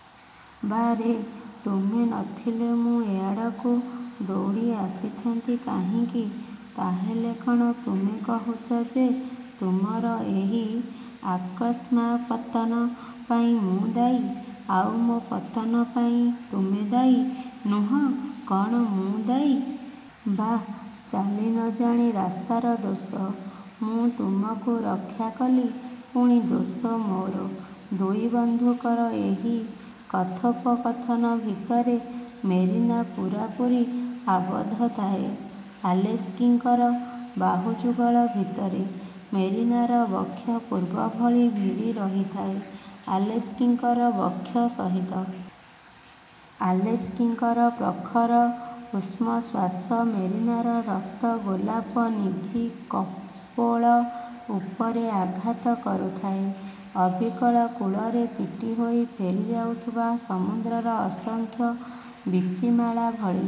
'' ''ବାଃ ରେ, ତୁମେ ନ ଥିଲେ ମୁଁ ଏଆଡ଼କୁ ଦୌଡ଼ିଆସିଥାନ୍ତି କାହିଁକି? '' ''ତା ହେଲେ କ'ଣ ତୁମେ କହୁଛ ଯେ ତୁମର ଏହି ଅକସ୍ମାତ୍ପତନ ପାଇଁ ମୁଁ ଦାୟୀ? '' ''ଆଉ ମୋ ପତନ ପାଇଁ ତୁମେ ଦାୟୀ ନୁହଁ, କ'ଣ ମୁଁ ଦାୟୀ? '' ''ବାଃ, ଚାଲି ନ ଜାଣି ରାସ୍ତାର ଦୋଷ। ମୁଁ ତୁମକୁ ରକ୍ଷାକଲି, ପୁଣି ଦୋଷ ମୋର। '' ଦୁଇବନ୍ଧୁଙ୍କର ଏହି କଥୋପକଥନ ଭିତରେ ମେରିନା ପୂରାପୁରି ଆବଦ୍ଧ ଥାଏ ଆଲେସ୍କିଙ୍କର ବାହୁଯୁଗଳ ଭିତରେ। ମେରିନାର ବକ୍ଷ ପୂର୍ବଭଳି ଭିଡ଼ି ରହିଥାଏ ଆଲେସ୍କିଙ୍କର ବକ୍ଷ ସହିତ। ଆଲେସ୍କିଙ୍କର ପ୍ରଖର ଉଷ୍ମ ଶ୍ୱାସ ମେରିନାର ରକ୍ତ-ଗୋଲାପ ନିନ୍ଦୀ କପୋଳ ଉପରେ ଆଘାତ କରୁଥାଏ, ଅବିକଳ କୂଳରେ ପିଟିହୋଇ ଫେରିଯାଉଥିବା ସମୁଦ୍ରର ଅସଂଖ୍ୟ ବୀଚିମାଳା ଭଳି।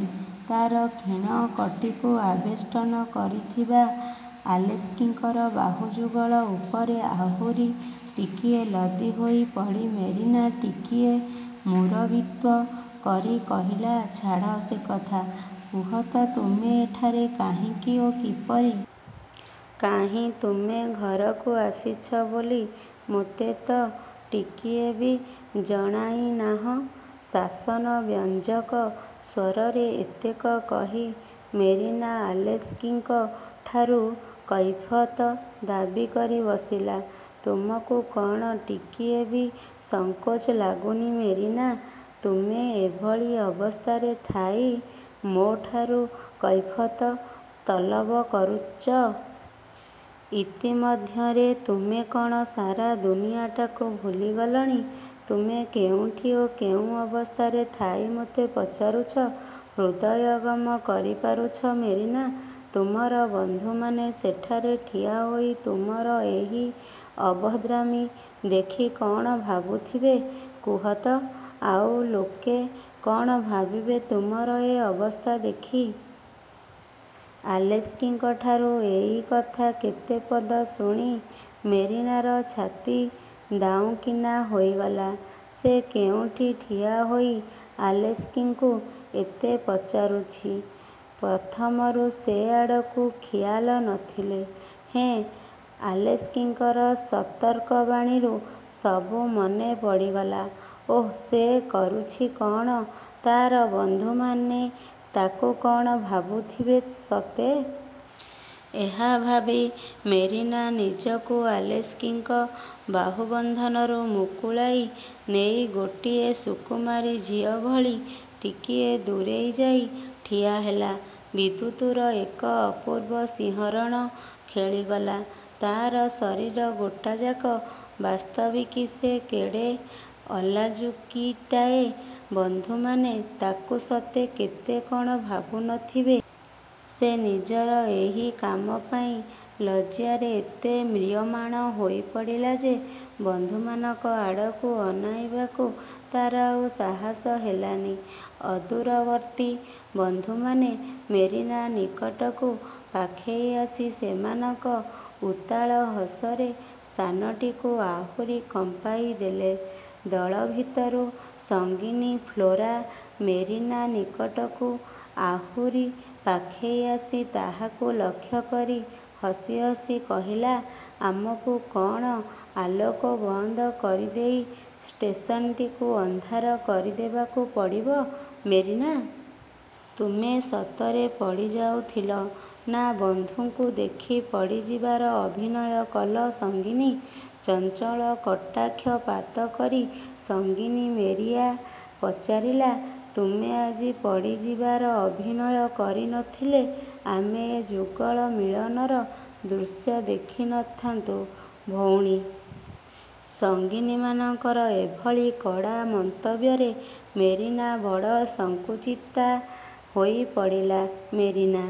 ତାର କ୍ଷୀଣ କଟିକୁ ଆବେଷ୍ଟନ କରିଥିବା ଆଲେସ୍କିଙ୍କର ବାହୁଯୁଗଳ ଉପରେ ଆହୁରି ଟିକିଏ ଲଦି ହୋଇପଡ଼ି ମେରିନା ଟିକିଏ ମୁରବିତ୍ୱ କରି କହିଲା-''ଛାଡ଼ ସେକଥା, କୁହ ତ ତୁମେ ଏଠାରେ କାହିଁକି ଓ କିପରି? କାହିଁ, ତୁମେ ଘରକୁ ଆସିଛ ବୋଲି ମୋତେ ତ ଟିକିଏ ବି ଜଣାଇନାହଁ? '' ଶାସନ ବ୍ୟଞ୍ଜକ ସ୍ୱରରେ ଏତକ କହି ମେରିନା ଆଲେସ୍କିଙ୍କଠାରୁ କୈଫିୟତ୍ ଦାବି କରି ବସିଲା। ''ତୁମକୁ କ'ଣ ଟିକିଏ ବି ସଂକୋଚ ଲାଗୁନି ମେରିନା? ତୁମେ ଏଭଳି ଅବସ୍ଥାରେ ଥାଇ ମୋଠାରୁ କୈଫିୟତ୍ ତଲବ୍ କରୁଚ? ଇତିମଧ୍ୟରେ ତୁମେ କ'ଣ ସାରା ଦୁନିଆଟାକୁ ଭୁଲିଗଲଣି? ତୁମେ କେଉଁଠି ଓ କେଉଁ ଅବସ୍ଥାରେ ଥାଇ ମୋତେ ପଚାରୁଚ, ହୃଦୟଙ୍ଗମ କରିପାରୁଚ ମେରିନା? ତୁମର ବନ୍ଧୁମାନେ ସେଠାରେ ଠିଆହୋଇ ତୁମର ଏହି ଅଭଦ୍ରାମୀ ଦେଖି କ'ଣ ଭାବୁଥିବେ କୁହ ତ-? ଆଉ ଲୋକେ କ'ଣ ଭାବିବେ ତୁମର ଏ ଅବସ୍ଥା ଦେଖି? '' ଆଲେସ୍କିଙ୍କଠାରୁ ଏଇ କଥା କେତେ ପଦ ଶୁଣି ମେରିନାର ଛାତି ଦାଉଁକିନା ହୋଇଗଲା। ସେ କେଉଁଠି ଠିଆହୋଇ ଆଲେସ୍କିଙ୍କୁ ଏତେ ପଚାରୁଛି; ପ୍ରଥମରୁ ସେଆଡ଼କୁ ଖିଆଲ ନଥିଲେ ହେଁ ଆଲେସ୍କିଙ୍କର ସତର୍କବାଣୀରୁ ସବୁ ମନେପଡ଼ିଗଲା। ଓଃ, ସେ କରୁଛି କ'ଣ-? ତା'ର ବନ୍ଧୁମାନେ ତାକୁ କ'ଣ ଭାବୁଥିବେ ସତେ? ଏହା ଭାବି ମେରିନା ନିଜକୁ ଆଲେସ୍କିଙ୍କ ବାହୁବନ୍ଧନରୁ ମୁକୁଳାଇ ନେଇ ଗୋଟିଏ ସୁକୁମାରୀ ଝିଅଭଳି ଟିକିଏ ଦୂରେଇଯାଇ ଠିଆହେଲା-। ବିଦ୍ୟୁତର ଏକ ଅପୂର୍ବ ଶିହରଣ ଖେଳିଗଲା ତା'ର ଶରୀର ଗୋଟାଯାକ। ବାସ୍ତବିକ୍ ସେ କେଡ଼େ ଅଲାଜୁକୀଟାଏ? ବନ୍ଧୁମାନେ ତାକୁ ସତେ କେତେ କ'ଣ ଭାବୁ ନଥିବେ। ସେ ନିଜର ଏହି କାମପାଇଁ ଲଜ୍ଜାରେ ଏତେ ମ୍ରିୟମାଣ ହୋଇପଡ଼ିଲା ଯେ ବନ୍ଧୁମାନଙ୍କ ଆଡ଼କୁ ଅନାଇବାକୁ ତା'ର ଆଉ ସାହସ ହେଲାନି। ଅଦୂରବର୍ତ୍ତୀ ବନ୍ଧୁମାନେ ମେରିନା ନିକଟକୁ ପାଖେଇ ଆସି ସେମାନଙ୍କ ଉତ୍ତାଳ ହସରେ ସ୍ଥାନଟିକୁ ଆହୁରି କମ୍ପାଇ ଦେଲେ। ଦଳଭିତରୁ ସଙ୍ଗିନୀ ଫ୍ଲୋରା ମେରିନା ନିକଟକୁ ଆହୁରି ପାଖେଇ ଆସି ତାହାକୁ ଲକ୍ଷ୍ୟ କରି ହସି ହସି କହିଲା–ଆମକୁ କ'ଣ ଆଲୋକ ବନ୍ଦ କରିଦେଇ ଷ୍ଟେସନଟିକୁ ଅନ୍ଧାର କରି ଦେବାକୁ ପଡ଼ିବ ମେରିନା? ତୁମେ ସତରେ ପଡ଼ିଯାଉଥିଲ, ନା ବନ୍ଧୁଙ୍କୁ ଦେଖି ପଡ଼ିଯିବାର ଅଭିନୟ କଲ ସଙ୍ଗିନୀ? '' ଚଞ୍ଚଳ କଟାକ୍ଷପାତ କରି ସଙ୍ଗିନୀ ମେରିଆ ପଚାରିଲା, ''ତୁମେ ଆଜି ପଡ଼ିଯିବାର ଅଭିନୟ କରି ନ ଥିଲେ ଆମେ ଏ ଯୁଗଳ ମିଳନର ଦୃଶ୍ୟ ଦେଖି ନ ଥାନ୍ତୁ ଭଉଣି! '' ସଙ୍ଗିନୀମାନଙ୍କର ଏଭଳି କଡ଼ା ମନ୍ତବ୍ୟରେ ମେରିନା ବଡ଼ ସଙ୍କୁଚିତା ହୋଇପଡ଼ିଲା। ମେରିନା